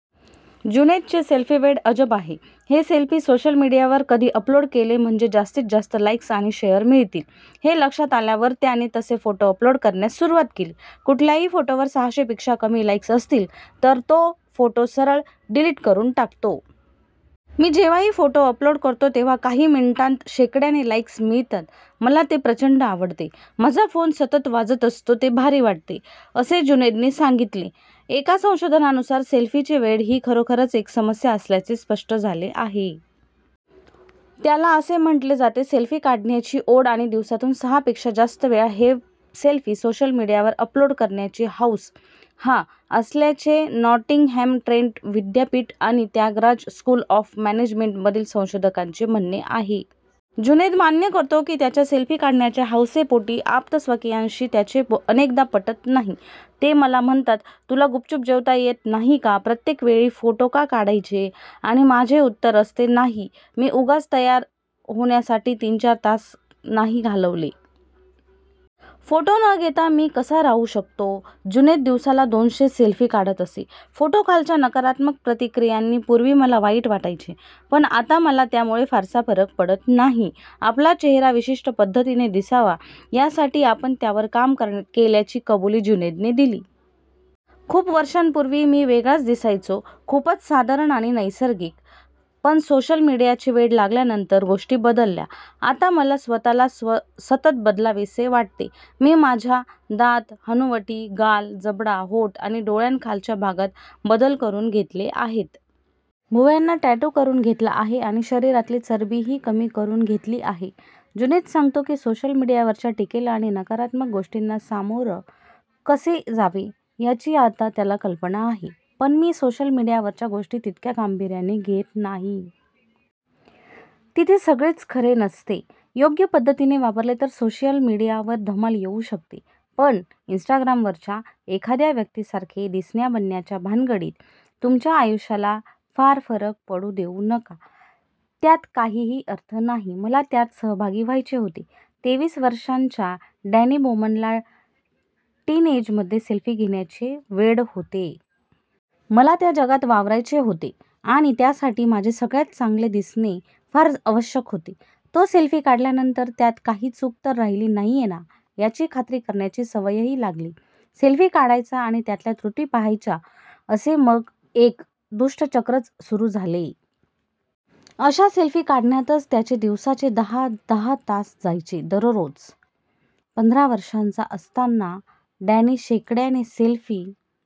जुनैदचे सेल्फीवेड अजब आहे. हे सेल्फी सोशल मीडियावर कधी अपलोड केले म्हणजे जास्तीतजास्त लाइक्स आणि शेअर मिळतील, हे लक्षात आल्यावर त्याने तसे फोटो अपलोड करण्यास सुरुवात केली. कुठल्याही फोटोवर सहाशेपेक्षा कमी लाइक्स असतील तर तो फोटो सरळ डिलीट करून टाकतो. "मी जेव्हाही फोटो अपलोड करतो तेव्हा काही मिनिटांत शेकड्याने लाइक्स मिळतात. मला ते प्रचंड आवडते. माझा फोन सतत वाजत असतो. ते भारी वाटते," असे जुनैदने सांगितले. एका संशोधनानुसार सेल्फीचे वेड ही खरोखरच एक समस्या असल्याचे स्पष्ट झाले आहे. त्याला असे म्हटले जाते. सेल्फी काढण्याची ओढ आणि दिवसातून सहापेक्षा जास्त वेळा हे सेल्फी सोशल मीडियावर अपलोड करण्याची हौस हा '' असल्याचे नॉटिंगहॅम ट्रेंट विद्यापीठ आणि त्यागराज स्कूल ऑफ मॅनेजमेंटमधील संशोधकांचे म्हणणे आहे. जुनैद मान्य करतो की त्याच्या सेल्फी काढण्याच्या हौसेपोटी आप्तस्वकीयांशी त्याचे अनेकदा पटत नाही. "ते मला म्हणतात, 'तुला गुपचुप जेवता येत नाही का? प्रत्येक वेळी फोटो का काढायचे?'" "आणि माझे उत्तर असते 'नाही. मी उगाच तयार होण्यासाठी तीन-चार तास नाही घालवले.' फोटो न घेता मी कसा राहू शकतो?" जुनैद दिवसाला दोनशे सेल्फी काढत असे. फोटोखालच्या नकारात्मक प्रतिक्रियांनी पूर्वी मला वाईट वाटायचे. पण आता मला त्यामुळे फारसा फरक पडत नाही. आपला चेहरा विशिष्ट पद्धतीने दिसावा, यासाठी आपण त्यावर काम केल्याची कबुली जुनैदने दिली. "खूप वर्षांपूर्वी मी वेगळाच दिसायचो, खूपच साधारण आणि नैसर्गिक. पण सोशल मीडियाचे वेड लागल्यानंतर गोष्टी बदलल्या. आता मला स्वतःला सतत बदलावेसे वाटते." "मी माझ्या दात, हनुवटी, गाल, जबडा, ओठ आणि डोळ्यांखालच्या भागात बदल करून घेतले आहेत. भुवयांना टॅटू करून घेतला आहे आणि शरीरातली चरबीही कमी करून घेतली आहे." जुनैद सांगतो की सोशल मीडियावरच्या टीकेला आणि नकारात्मक गोष्टींना सामोर कसे जावे, याची आता त्याला कल्पना आहे. "पण मी सोशल मीडियावरच्या गोष्टी तितक्या गांभीर्याने घेत नाही. तिथे सगळेच खरे नसते." "योग्य पद्धतीने वापरले तर सोशल मीडियावर धमाल येऊ शकते. पण इन्स्टाग्रामवरच्या एखाद्या व्यक्तीसारखे दिसण्या-बनण्याच्या भानगडीत तुमच्या आयुष्याला फार फरक पडू देऊ नका. त्यात काहीही अर्थ नाही." मला त्यात सहभागी व्हायचे होते - तेवीस वर्षांच्या डॅनी बोमनला टीनएजमध्ये सेल्फी घेण्याचे वेड होते. "मला त्या जगात वावरायचे होते. आणि त्यासाठी माझे सगळ्यांत चांगले दिसणे फार आवश्यक होते." तो सेल्फी काढल्यानंतर त्यात काही चूक तर राहिली नाहीये ना, याची खात्री करण्याची सवयही लागली. सेल्फी काढायचा आणि त्यातल्या त्रुटी पाहायच्या, असे मग एक दुष्टचक्रच सुरू झाले. अशा सेल्फी काढण्यातच त्याचे दिवसाचे दहा-दहा तास जायचे, दररोज! पंधरा वर्षांचा असताना डॅनी शेकड्याने सेल्फी